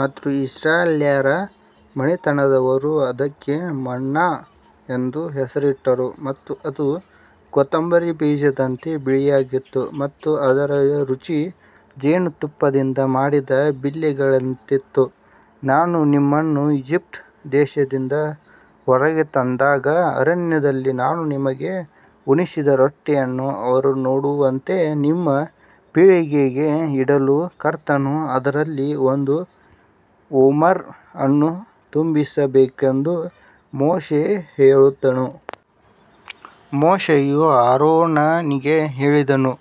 ಮತ್ತು ಇಸ್ರಾಯೇಲ್ಯರ ಮನೆತನದವರು ಅದಕ್ಕೆ ಮನ್ನಾ ಎಂದು ಹೆಸರಿಟ್ಟರು ಮತ್ತು ಅದು ಕೊತ್ತಂಬರಿ ಬೀಜದಂತೆ ಬಿಳಿಯಾಗಿತ್ತು ಮತ್ತು ಅದರ ರುಚಿ ಜೇನುತುಪ್ಪದಿಂದ ಮಾಡಿದ ಬಿಲ್ಲೆಗಳಂತಿತ್ತು. ನಾನು ನಿಮ್ಮನ್ನು ಈಜಿಪ್ಟ್ ದೇಶದಿಂದ ಹೊರಗೆ ತಂದಾಗ ಅರಣ್ಯದಲ್ಲಿ ನಾನು ನಿಮಗೆ ಉಣಿಸಿದ ರೊಟ್ಟಿಯನ್ನು ಅವರು ನೋಡುವಂತೆ ನಿಮ್ಮ ಪೀಳಿಗೆಗೆ ಇಡಲು ಕರ್ತನು ಅದರಲ್ಲಿ ಒಂದು ಓಮರ್ ಅನ್ನು ತುಂಬಿಸಬೇಕೆಂದು ಮೋಶೆ ಹೇಳಿದನು. ಮೋಶೆಯು ಆರೋನನಿಗೆ ಹೇಳಿದನು,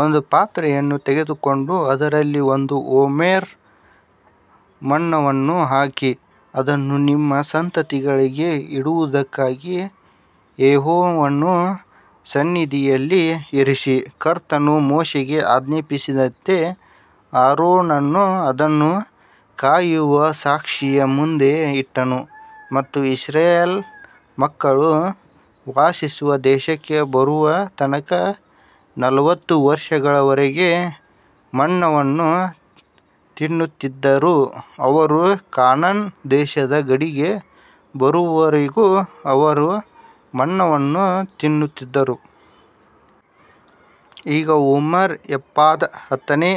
ಒಂದು ಪಾತ್ರೆಯನ್ನು ತೆಗೆದುಕೊಂಡು ಅದರಲ್ಲಿ ಒಂದು ಓಮೆರ್ ಮನ್ನವನ್ನು ಹಾಕಿ ಅದನ್ನು ನಿಮ್ಮ ಸಂತತಿಗಳಿಗೆ ಇಡುವುದಕ್ಕಾಗಿ ಯೆಹೋವನ ಸನ್ನಿಧಿಯಲ್ಲಿ ಇರಿಸಿ. ಕರ್ತನು ಮೋಶೆಗೆ ಆಜ್ಞಾಪಿಸಿದಂತೆ ಆರೋನನು ಅದನ್ನು ಕಾಯುವ ಸಾಕ್ಷಿಯ ಮುಂದೆ ಇಟ್ಟನು ಮತ್ತು ಇಸ್ರಾಯೇಲ್ ಮಕ್ಕಳು ವಾಸಿಸುವ ದೇಶಕ್ಕೆ ಬರುವ ತನಕ ನಲವತ್ತು ವರ್ಷಗಳವರೆಗೆ ಮನ್ನವನ್ನು ತಿನ್ನುತ್ತಿದ್ದರು ಅವರು ಕಾನಾನ್ ದೇಶದ ಗಡಿಗೆ ಬರುವವರೆಗೂ ಅವರು ಮನ್ನವನ್ನು ತಿನ್ನುತ್ತಿದ್ದರು. ಈಗ ಓಮರ್ ಎಫಾದ ಹತ್ತನೇ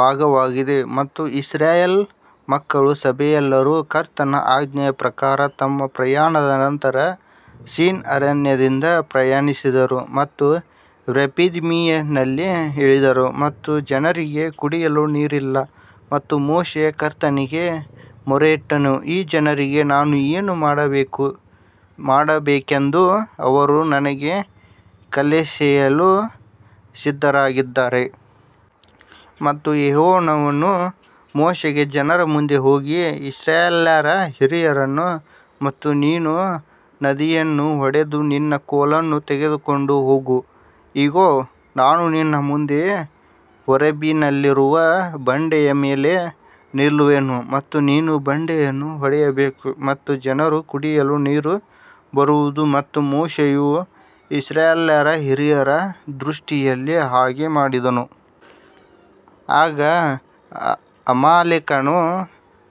ಭಾಗವಾಗಿದೆ ಮತ್ತು ಇಸ್ರಾಯೇಲ್ ಮಕ್ಕಳ ಸಭೆಯೆಲ್ಲರು ಕರ್ತನ ಆಜ್ಞೆಯ ಪ್ರಕಾರ ತಮ್ಮ ಪ್ರಯಾಣದ ನಂತರ ಸಿನ್ ಅರಣ್ಯದಿಂದ ಪ್ರಯಾಣಿಸಿದರು ಮತ್ತು ರೆಫಿದೀಮಿನಲ್ಲಿ ಇಳಿದರು ಮತ್ತು ಜನರಿಗೆ ಕುಡಿಯಲು ನೀರಿಲ್ಲ. ಮತ್ತು ಮೋಶೆಯು ಕರ್ತನಿಗೆ ಮೊರೆಯಿಟ್ಟನು, ಈ ಜನರಿಗೆ ನಾನು ಏನು ಮಾಡಬೇಕೆಂದು ಅವರು ನನಗೆ ಕಲ್ಲೆಸೆಯಲು ಸಿದ್ಧರಾಗಿದ್ದಾರೆ. ಮತ್ತು ಯೆಹೋವನು ಮೋಶೆಗೆ ಜನರ ಮುಂದೆ ಹೋಗಿ ಇಸ್ರಾಯೇಲ್ಯರ ಹಿರಿಯರನ್ನು ಮತ್ತು ನೀನು ನದಿಯನ್ನು ಹೊಡೆದ ನಿನ್ನ ಕೋಲನ್ನು ತೆಗೆದುಕೊಂಡು ಹೋಗು. ಇಗೋ, ನಾನು ನಿನ್ನ ಮುಂದೆ ಹೋರೇಬಿನಲ್ಲಿರುವ ಬಂಡೆಯ ಮೇಲೆ ನಿಲ್ಲುವೆನು ಮತ್ತು ನೀನು ಬಂಡೆಯನ್ನು ಹೊಡೆಯಬೇಕು ಮತ್ತು ಜನರು ಕುಡಿಯಲು ನೀರು ಬರುವುದು ಮತ್ತು ಮೋಶೆಯು ಇಸ್ರಾಯೇಲ್ಯರ ಹಿರಿಯರ ದೃಷ್ಟಿಯಲ್ಲಿ ಹಾಗೆ ಮಾಡಿದನು. ಆಗ ಅಮಾಲೇಕನು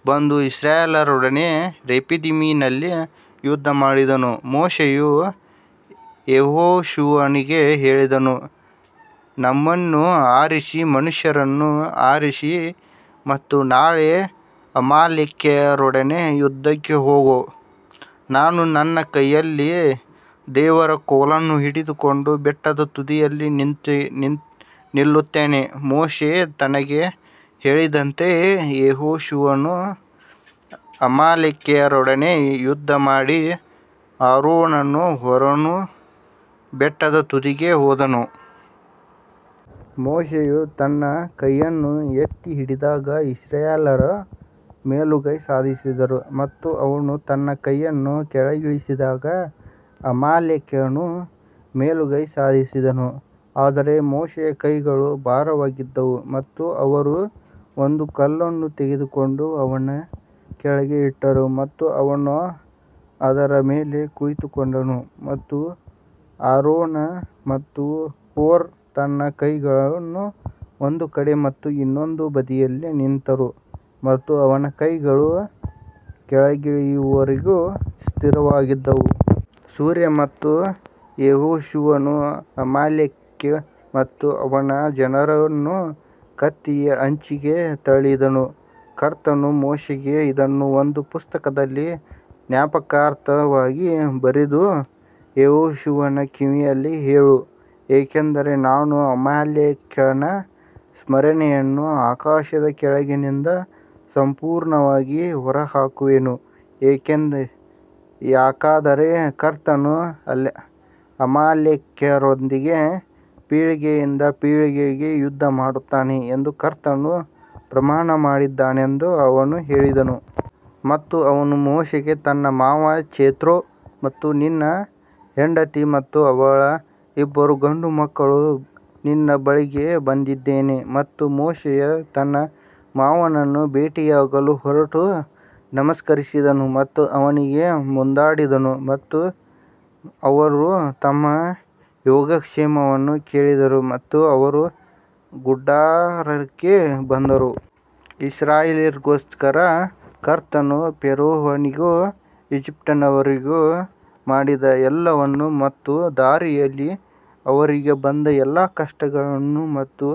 ಬಂದು ಇಸ್ರಾಯೇಲ್ಯರೊಡನೆ ರೆಫಿದಿಮಿನಲ್ಲಿ ಯುದ್ಧಮಾಡಿದನು ಮೋಶೆಯು ಯೆಹೋಶುವನಿಗೆ ಹೇಳಿದನು, ನಮ್ಮನ್ನು ಆರಿಸಿ ಮನುಷ್ಯರನ್ನು ಆರಿಸಿ ಮತ್ತು ನಾಳೆ ಅಮಾಲೇಕ್ಯರೊಡನೆ ಯುದ್ಧಕ್ಕೆ ಹೋಗು, ನಾನು ನನ್ನ ಕೈಯಲ್ಲಿ ದೇವರ ಕೋಲನ್ನು ಹಿಡಿದುಕೊಂಡು ಬೆಟ್ಟದ ತುದಿಯಲ್ಲಿ ನಿಲ್ಲುತ್ತೇನೆ. ಮೋಶೆ ತನಗೆ ಹೇಳಿದಂತೆಯೇ ಯೆಹೋಶುವನು ಅಮಾಲೇಕ್ಯರೊಡನೆ ಯುದ್ಧಮಾಡಿ ಆರೋನನೂ ಹೂರನೂ ಬೆಟ್ಟದ ತುದಿಗೆ ಹೋದನು. ಮೋಶೆಯು ತನ್ನ ಕೈಯನ್ನು ಎತ್ತಿ ಹಿಡಿದಾಗ ಇಸ್ರಾಯೇಲ್ಯರು ಮೇಲುಗೈ ಸಾಧಿಸಿದರು ಮತ್ತು ಅವನು ತನ್ನ ಕೈಯನ್ನು ಕೆಳಗಿಳಿಸಿದಾಗ ಅಮಾಲೇಕನು ಮೇಲುಗೈ ಸಾಧಿಸಿದನು. ಆದರೆ ಮೋಶೆಯ ಕೈಗಳು ಭಾರವಾಗಿದ್ದವು ಮತ್ತು ಅವರು ಒಂದು ಕಲ್ಲನ್ನು ತೆಗೆದುಕೊಂಡು ಅವನ ಕೆಳಗೆ ಇಟ್ಟರು ಮತ್ತು ಅವನು ಅದರ ಮೇಲೆ ಕುಳಿತುಕೊಂಡನು ಮತ್ತು ಆರೋನ ಮತ್ತು ಹೂರ್ ತನ್ನ ಕೈಗಳನ್ನು ಒಂದು ಕಡೆ ಮತ್ತು ಇನ್ನೊಂದು ಬದಿಯಲ್ಲಿ ನಿಂತರು ಮತ್ತು ಅವನ ಕೈಗಳು ಕೆಳಗಿಳಿಯುವವರೆಗೂ ಸ್ಥಿರವಾಗಿದ್ದವು. ಸೂರ್ಯ ಮತ್ತು ಯೆಹೋಶುವನು ಅಮಾಲೇಕ್ ಮತ್ತು ಅವನ ಜನರನ್ನು ಕತ್ತಿಯ ಅಂಚಿಗೆ ತಳ್ಳಿದನು ಕರ್ತನು ಮೋಶೆಗೆ ಇದನ್ನು ಒಂದು ಪುಸ್ತಕದಲ್ಲಿ ಜ್ಞಾಪಕಾರ್ಥವಾಗಿ ಬರೆದು ಯೆಹೋಶುವನ ಕಿವಿಯಲ್ಲಿ ಹೇಳು, ಏಕೆಂದರೆ ನಾನು ಅಮಾಲೇಕ್ಯರ ಸ್ಮರಣೆಯನ್ನು ಆಕಾಶದ ಕೆಳಗಿನಿಂದ ಸಂಪೂರ್ಣವಾಗಿ ಹೊರಹಾಕುವೆನು. ಯಾಕಂದರೆ ಕರ್ತನು ಅಮಾಲೇಕ್ಯರೊಂದಿಗೆ ಪೀಳಿಗೆಯಿಂದ ಪೀಳಿಗೆಗೆ ಯುದ್ಧ ಮಾಡುತ್ತಾನೆ ಎಂದು ಕರ್ತನು ಪ್ರಮಾಣ ಮಾಡಿದ್ದಾನೆಂದು ಅವನು ಹೇಳಿದನು. ಮತ್ತು ಅವನು ಮೋಶೆಗೆ ನಿನ್ನ ಮಾವ ಜೆತ್ರೋ ಮತ್ತು ನಿನ್ನ ಹೆಂಡತಿ ಮತ್ತು ಅವಳ ಇಬ್ಬರು ಗಂಡುಮಕ್ಕಳು ನಿನ್ನ ಬಳಿಗೆ ಬಂದಿದ್ದೇನೆ. ಮತ್ತು ಮೋಶೆಯು ತನ್ನ ಮಾವನನ್ನು ಭೇಟಿಯಾಗಲು ಹೊರಟು ನಮಸ್ಕರಿಸಿದನು ಮತ್ತು ಅವನಿಗೆ ಮುದ್ದಾಡಿದನು ಮತ್ತು ಅವರು ತಮ್ಮ ಯೋಗಕ್ಷೇಮವನ್ನು ಕೇಳಿದರು ಮತ್ತು ಅವರು ಗುಡಾರಕ್ಕೆ ಬಂದರು. ಇಸ್ರಾಯೇಲ್ಯರಿಗೋಸ್ಕರ ಕರ್ತನು ಫರೋಹನಿಗೂ ಈಜಿಪ್ಟಿನವರಿಗೂ ಮಾಡಿದ ಎಲ್ಲವನ್ನೂ ಮತ್ತು ದಾರಿಯಲ್ಲಿ ಅವರಿಗೆ ಬಂದ ಎಲ್ಲಾ ಕಷ್ಟಗಳನ್ನು ಮತ್ತು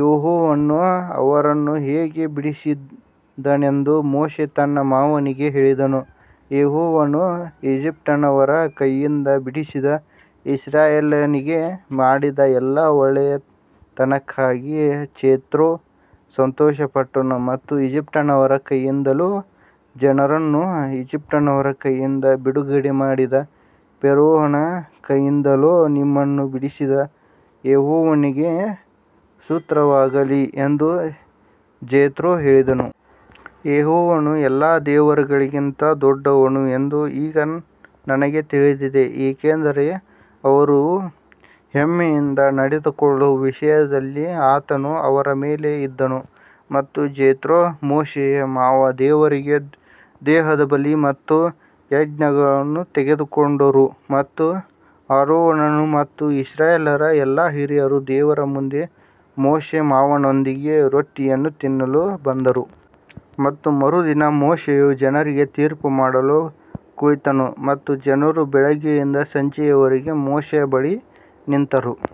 ಯೆಹೋವನು ಅವರನ್ನು ಹೇಗೆ ಬಿಡಿಸಿದನೆಂದು ಮೋಶೆ ತನ್ನ ಮಾವನಿಗೆ ಹೇಳಿದನು. ಯೆಹೋವನು ಈಜಿಪ್ಟಿನವರ ಕೈಯಿಂದ ಬಿಡಿಸಿದ ಇಸ್ರಾಯೇಲಿಗೆ ಮಾಡಿದ ಎಲ್ಲಾ ಒಳ್ಳೆಯತನಕ್ಕಾಗಿ ಜೆತ್ರೋ ಸಂತೋಷಪಟ್ಟನು. ಮತ್ತು ಈಜಿಪ್ಟಿನವರ ಕೈಯಿಂದಲೂ ಜನರನ್ನು ಈಜಿಪ್ಟಿನವರ ಕೈಯಿಂದ ಬಿಡುಗಡೆ ಮಾಡಿದ ಫರೋಹನ ಕೈಯಿಂದಲೂ ನಿಮ್ಮನ್ನು ಬಿಡಿಸಿದ ಯೆಹೋವನಿಗೆ ಸ್ತೋತ್ರವಾಗಲಿ ಎಂದು ಜೆತ್ರೋ ಹೇಳಿದನು. ಯೆಹೋವನು ಎಲ್ಲಾ ದೇವರುಗಳಿಗಿಂತ ದೊಡ್ಡವನು ಎಂದು ಈಗ ನನಗೆ ತಿಳಿದಿದೆ ಏಕೆಂದರೆ ಅವರು ಹೆಮ್ಮೆಯಿಂದ ನಡೆದುಕೊಳ್ಳುವ ವಿಷಯದಲ್ಲಿ ಆತನು ಅವರ ಮೇಲೆ ಇದ್ದನು. ಮತ್ತು ಜೆತ್ರೋ ಮೋಶೆಯ ಮಾವ ದೇವರಿಗೆ ದಹನಬಲಿ ಮತ್ತು ಯಜ್ಞಗಳನ್ನು ತೆಗೆದುಕೊಂಡರು ಮತ್ತು ಆರೋನನು ಮತ್ತು ಇಸ್ರಾಯೇಲ್ಯರ ಎಲ್ಲಾ ಹಿರಿಯರು ದೇವರ ಮುಂದೆ ಮೋಶೆ ಮಾವನೊಂದಿಗೆ ರೊಟ್ಟಿಯನ್ನು ತಿನ್ನಲು ಬಂದರು. ಮತ್ತು ಮರುದಿನ ಮೋಶೆಯು ಜನರಿಗೆ ತೀರ್ಪುಮಾಡಲು ಕುಳಿತನು ಮತ್ತು ಜನರು ಬೆಳಿಗ್ಗೆಯಿಂದ ಸಂಜೆಯವರೆಗೆ ಮೋಶೆಯ ಬಳಿ ನಿಂತರು.